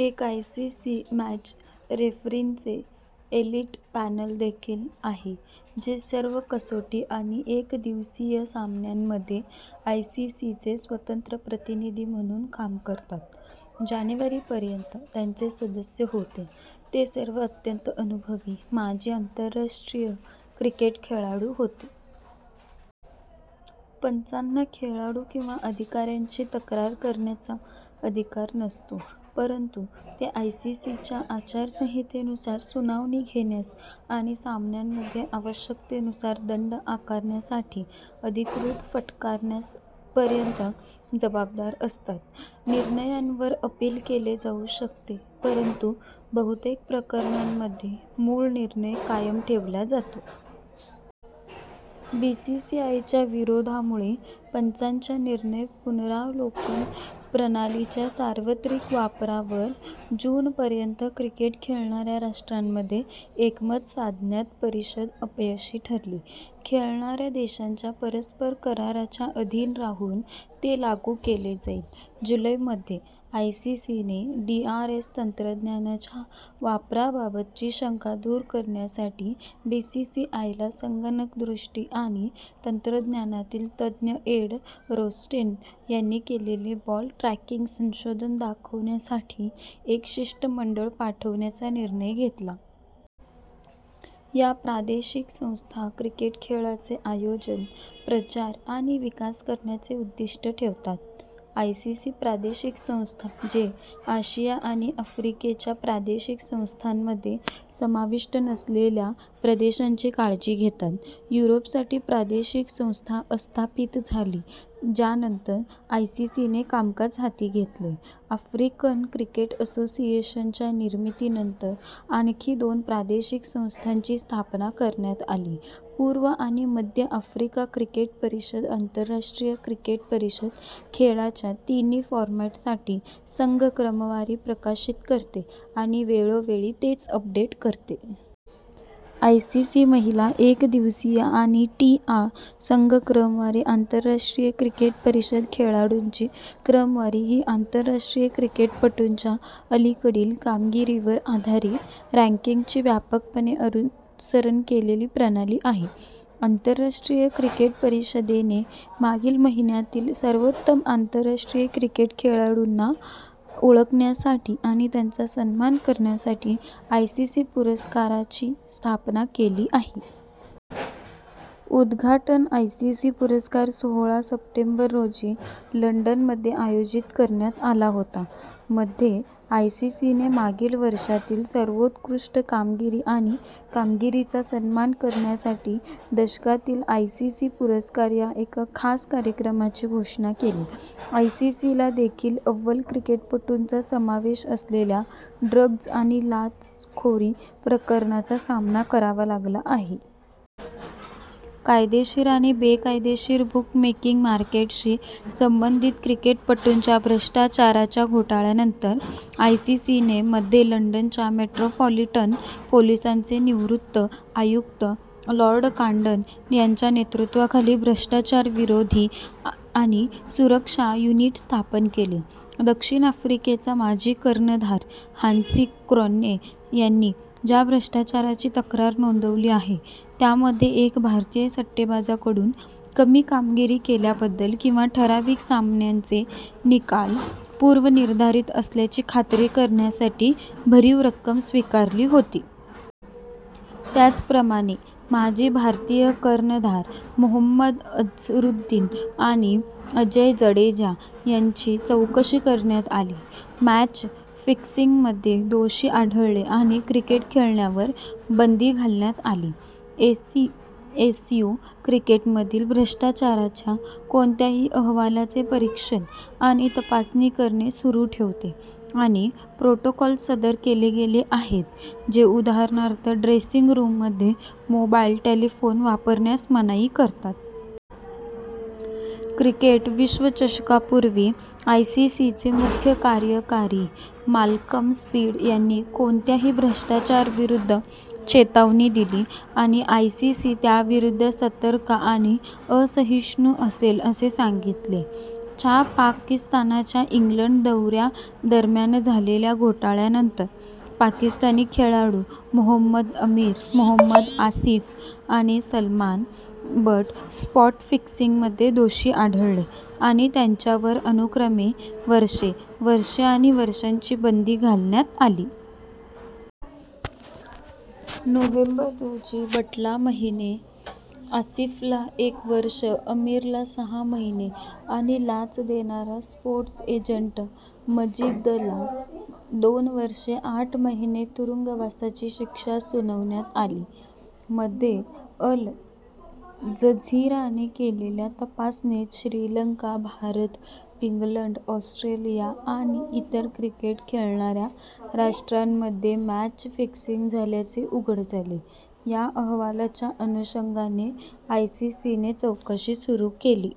एक ICC match रेफरींचे elite panel देखील आहे जे सर्व कसोटी आणि एकदिवसीय सामन्यांमध्ये आयसीसीचे स्वतंत्र प्रतिनिधी म्हणून काम करतात. जानेवारी पर्यंत, त्याचे सदस्य होते, ते सर्व अत्यंत अनुभवी माजी आंतरराष्ट्रीय क्रिकेट खेळाडू होते. पंचांना खेळाडू किंवा अधिकाऱ्यांची तक्रार करण्याचा अधिकार नसतो, परंतु ते आयसीसीच्या आचारसंहितेनुसार सुनावणी घेण्यास आणि सामन्यांमध्ये आवश्यकतेनुसार दंड आकारण्यासाठी, अधिकृत फटकारण्यापर्यंत जबाबदार असतात. निर्णयांवर अपील केले जाऊ शकते, परंतु बहुतेक प्रकरणांमध्ये मूळ निर्णय कायम ठेवला जातो. बीसीसीआयच्या विरोधामुळे पंचांच्या निर्णय पुनरावलोकन प्रणालीच्या सार्वत्रिक वापरावर जून पर्यंत क्रिकेट खेळणाऱ्या राष्ट्रांमध्ये एकमत साधण्यात परिषद अपयशी ठरली. खेळणाऱ्या देशांच्या परस्पर कराराच्या अधीन राहून ते लागू केले जाईल. जुलै मध्ये, आयसीसीने डीआरएस तंत्रज्ञानाच्या वापराबाबतची शंका दूर करण्यासाठी बीसीसीआयला संगणक दृष्टी आणि तंत्रज्ञानातील तज्ञ एड रोस्टेन यांनी केलेले बॉल ट्रॅकिंग संशोधन दाखवण्यासाठी एक शिष्टमंडळ पाठवण्याचा निर्णय घेतला.। या प्रादेशिक संस्था क्रिकेट खेळाचे आयोजन, प्रचार आणि विकास करण्याचे उद्दिष्ट ठेवतात: आयसीसी प्रादेशिक संस्था जे आशिया आणि आफ्रिकेच्या प्रादेशिक संस्थांमध्ये समाविष्ट नसलेल्या प्रदेशांची काळजी घेतात: युरोपसाठी प्रादेशिक संस्था अस्थापित झाली ज्यानंतर आयसीसीने कामकाज हाती घेतले: आफ्रिकन क्रिकेट असोसिएशनच्या निर्मितीनंतर आणखी दोन प्रादेशिक संस्थांची स्थापना करण्यात आली: पूर्व आणि मध्य आफ्रिका क्रिकेट परिषद आंतरराष्ट्रीय क्रिकेट परिषद खेळाच्या तिन्ही फॉरमॅटसाठी संघ क्रमवारी प्रकाशित करते आणि वेळोवेळी तेच अपडेट करते. आयसीसी महिला एकदिवसीय आणि टी आ संघ क्रमवारी आंतरराष्ट्रीय क्रिकेट परिषद खेळाडूंची क्रमवारी ही आंतरराष्ट्रीय क्रिकेटपटूंच्या अलीकडील कामगिरीवर आधारित रँकिंगची व्यापकपणे अनुसरण केलेली प्रणाली आहे. आंतरराष्ट्रीय क्रिकेट परिषदेने मागील महिन्यांतील सर्वोत्तम आंतरराष्ट्रीय क्रिकेट खेळाडूंना ओळखण्यासाठी आणि त्यांचा सन्मान करण्यासाठी आयसीसी पुरस्कारां ची स्थापना केली आहे. उद्घाटन आयसीसी पुरस्कार सोहळा सप्टेंबर रोजी लंडनमध्ये आयोजित करण्यात आला होता. मध्ये, आयसीसीने मागील वर्षांतील सर्वोत्कृष्ट कामगिरी आणि कामगिरीचा सन्मान करण्यासाठी दशकातील आयसीसी पुरस्कार या एका खास कार्यक्रमाची घोषणा केली. आयसीसीला देखील अव्वल क्रिकेटपटूंचा समावेश असलेल्या ड्रग्ज आणि लाचखोरी प्रकरणांचा सामना करावा लागला आहे. कायदेशीर आणि बेकायदेशीर बुकमेकिंग मार्केटशी संबंधित क्रिकेटपटूंच्या भ्रष्टाचाराच्या घोटाळ्यांनंतर, आयसीसीने मध्ये लंडनच्या मेट्रोपॉलिटन पोलिसांचे निवृत्त आयुक्त, लॉर्ड कांडन यांच्या नेतृत्वाखाली भ्रष्टाचारविरोधी आणि सुरक्षा युनिट स्थापन केले. दक्षिण आफ्रिकेचा माजी कर्णधार हान्सी क्रोन्ये यांनी ज्या भ्रष्टाचाराची तक्रार नोंदवली आहे त्यामध्ये एक भारतीय सट्टेबाजाकडून कमी कामगिरी केल्याबद्दल किंवा ठराविक सामन्यांचे निकाल पूर्वनिर्धारित असल्याची खात्री करण्यासाठी भरीव रक्कम स्वीकारली होती. त्याचप्रमाणे, माजी भारतीय कर्णधार मोहम्मद अझरुद्दीन आणि अजय जडेजा यांची चौकशी करण्यात आली, मॅच फिक्सिंगमध्ये दोषी आढळले आणि क्रिकेट खेळण्यावर बंदी घालण्यात आली. एसीएसयू क्रिकेटमधील भ्रष्टाचाराच्या कोणत्याही अहवालाचे परीक्षण आणि तपासणी करणे सुरू ठेवते आणि प्रोटोकॉल सादर केले गेले आहेत, जे उदाहरणार्थ ड्रेसिंग रूममध्ये मोबाईल टेलिफोन वापरण्यास मनाई करतात. क्रिकेट विश्वचषकापूर्वी, आयसीसीचे मुख्य कार्यकारी माल्कम स्पीड यांनी कोणत्याही भ्रष्टाचाराविरुद्ध चेतावणी दिली आणि आयसीसी त्याविरुद्ध सतर्क आणि असहिष्णु असेल असे सांगितले. च्या पाकिस्तानच्या इंग्लंड दौऱ्यादरम्यान झालेल्या घोटाळ्यानंतर, पाकिस्तानी खेळाडू, मोहम्मद अमीर, मोहम्मद आसिफ आणि सलमान बट स्पॉट-फिक्सिंगमध्ये दोषी आढळले आणि त्यांच्यावर अनुक्रमे वर्षे, वर्षे आणि वर्षांची बंदी घालण्यात आली. नोव्हेंबर रोजी, बटला महिने, आसिफला एक वर्ष, अमीरला सहा महिने आणि लाच देणारा स्पोर्ट्स एजंट मजीदला दोन वर्षे आठ महिने तुरुंगवासाची शिक्षा सुनावण्यात आली. मध्ये, अल जझीराने केलेल्या तपासणीत श्रीलंका, भारत, इंग्लंड, ऑस्ट्रेलिया आणि इतर क्रिकेट खेळणाऱ्या राष्ट्रांमध्ये मॅच फिक्सिंग झाल्याचे उघड झाले. या अहवालाच्या अनुषंगाने आयसीसीने चौकशी सुरू केली.